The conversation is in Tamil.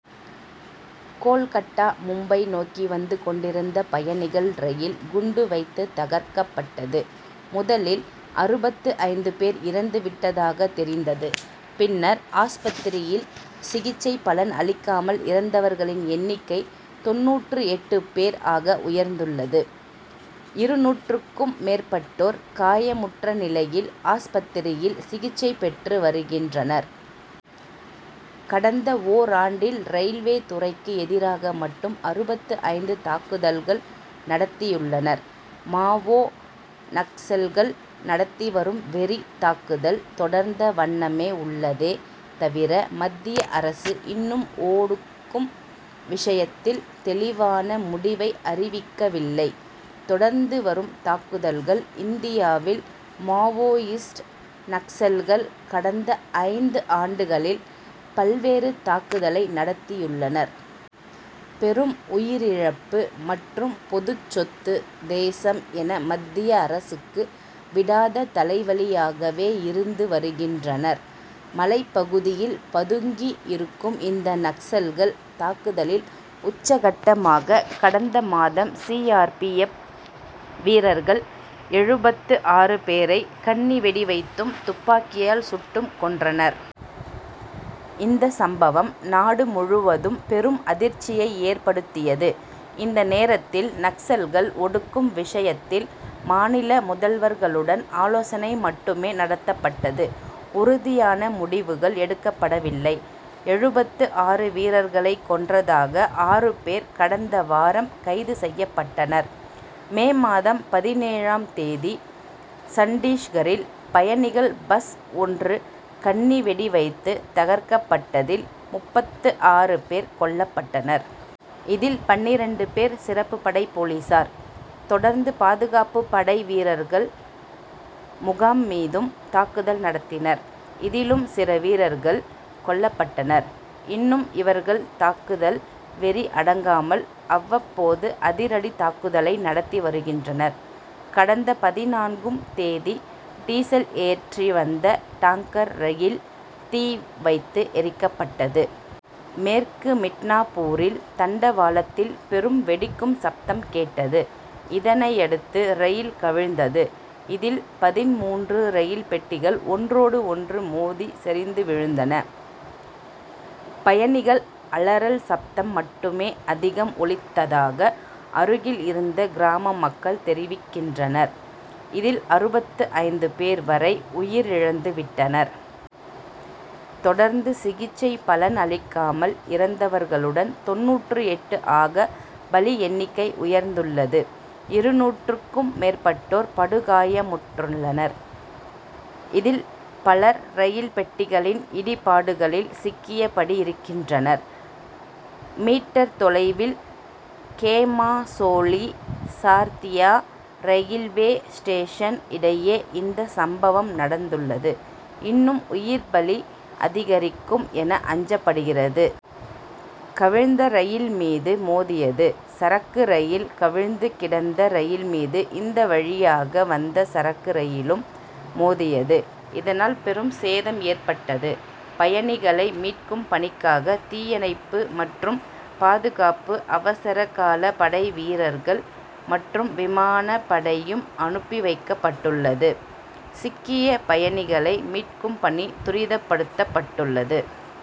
கோல்கட்டா மும்பை நோக்கி வந்து கொண்டிருந்த பயணிகள் ரயில் குண்டு வைத்து தகர்க்கப்பட்டது. முதலில் அறுபத்து ஐந்து பேர் இறந்து விட்டதாக தெரிந்தது. பின்னர் ஆஸ்பத்திரியில் சிகிச்சை பலன் அளிக்காமல் இறந்தவர்களின் எண்ணிக்கை தொண்ணூற்று எட்டு பேர் ஆக உயர்ந்துள்ளது. இருநூறுக்கும் மேற்பட்டோர் காயமுற்ற நிலையில் ஆஸ்பத்திரியில் சிகிச்சை பெற்று வருகின்றனர். கடந்த ஓராண்டில் ரயில்வே துறைக்கு எதிராக மட்டும் அறுபத்து ஐந்து தாக்குதல்கள் நடத்தியுள்ளனர். மாவோ. நக்சல்கள் நடத்தி வரும் வெறி தாக்குதல் தொடர்ந்த வண்ணமே உள்ளதே தவிர மத்திய அரசு இன்னும் ஓடுக்கும் விஷயத்தில் தெளிவான முடிவை அறிவிக்கவில்லை. தொடர்ந்து வரும் தாக்குதல்கள் இந்தியாவில் மவோயிஸ்ட் நக்சல்கள் கடந்த ஐந்து ஆண்டுகளில் பல்வேறு தாக்குதலை நடத்தியுள்ளனர். பெரும் உயிரிழப்பு மற்றும் பொதுச்சொத்து தேசம் என மத்திய அரசுக்கு விடாத தலைவலியாகவே இருந்து வருகின்றனர். மலைப்பகுதியில் பதுங்கி இருக்கும் இந்த நக்சல்கள் தாக்குதலின் உச்சக்கட்டமாக கடந்த மாதம் சி. ஆர். பி. எப் வீரர்கள் எழுபத்து ஆறு பேரை கண்ணி வெடி வைத்தும் துப்பாக்கியால் சுட்டும் கொன்றனர். இந்த சம்பவம் நாடு முழுவதும் பெரும் அதிர்ச்சியை ஏற்படுத்தியது. இந்தநேரத்தில் நக்சல்கள் ஒடுக்கும் விஷயத்தில் மாநில முதல்வர்களுடன் ஆலோசனை மட்டுமே நடத்தப்பட்டது. உறுதியான முடிவுகள் எடுக்கப்படவில்லை. எழுபத்து ஆறு வீரர்களை கொன்றதாக ஆறு பேர் கடந்த வாரம் கைது செய்யப்பட்டனர். மே மாதம் பதினேழு ம் தேதியன்று சட்டீஸ்கரில் பயணிகள் பஸ் ஒன்று கண்ணி வெடி வைத்து தகர்க்கப்பட்டதில் முப்பத்து ஆறு பேர் கொல்லப்ட்டனர். இதில் பன்னிரண்டு பேர் சிறப்பு படை போலீசார். தொடர்ந்து பாதுகாப்பு படை வீரர்கள் முகாம் மீதும் தாக்குதல் நடத்தினர், இதிலும் சில வீரர்கள் கொல்லப்பட்டனர். இன்னும் இவர்கள் தாக்குதல் வெறி அடங்காமல் அவ்வப்போது அதிரடி தாக்குதலை நடத்தி வருகின்றனர். கடந்த பதினான்கும் தேதி டீசல் ஏற்றிவந்த டாங்கர் ரயில் தீ வைத்து எரிக்கப்பட்டது. மேற்கு மிட்னாபூரில் தண்டவாளத்தில் பெரும் வெடிக்கும் சப்தம் கேட்டது. இதனையடுத்து ரயில் கவிழ்ந்தது. இதில் பதின்மூன்று ரயில் பெட்டிகள் ஒன்றோடு ஒன்று மோதி சரிந்து விழுந்தன. பயணிகள் அலறல் சப்தம் மட்டுமே அதிகம் ஒலித்ததாக அருகில் இருந்த கிராம மக்கள் தெரிவிக்கின்றனர். இதில் அறுபத்து ஐந்து பேர் வரை உயிரிழந்து விட்டனர். தொடர்ந்து சிகிச்சை பலன் அளிக்காமல் இறந்தவர்களுடன் தொண்ணூற்று எட்டு ஆக பலி எண்ணிக்கை உயர்ந்துள்ளது. இருநூறு க்கும் மேற்பட்டோர் படுகாயமுற்றுள்ளனர். இதில் பலர் ரயில் பெட்டிகளின் இடிபாடுகளில் சிக்கியபடி இருக்கின்றனர். மீட்டர் தொலைவில் கேமாசோலி, சார்தியா ரயில்வே ஸ்டேஷன் இடையே இந்த சம்பவம் நடந்துள்ளது. இன்னும் உயிர்ப்பலி அதிகரிக்கும் என அஞ்சப்படுகிறது. கவிழ்ந்த ரயில் மீது மோதியது சரக்கு ரயில் கவிழ்ந்து கிடந்த ரயில்மீது இந்த வழியாக வந்த சரக்கு ரயிலும் மோதியது. இதனால் பெரும் சேதம் ஏற்பட்டது. பயணிகளை மீட்கும் பணிக்காக தீயணைப்பு மற்றும் பாதுகாப்பு அவசரகால படை வீரர்கள் மற்றும் விமான படையும் அனுப்பி வைக்கப்பட்டுள்ளது. சிக்கிய பயணிகளை மீட்கும் பணி துரிதப்படுத்தப்பட்டுள்ளது.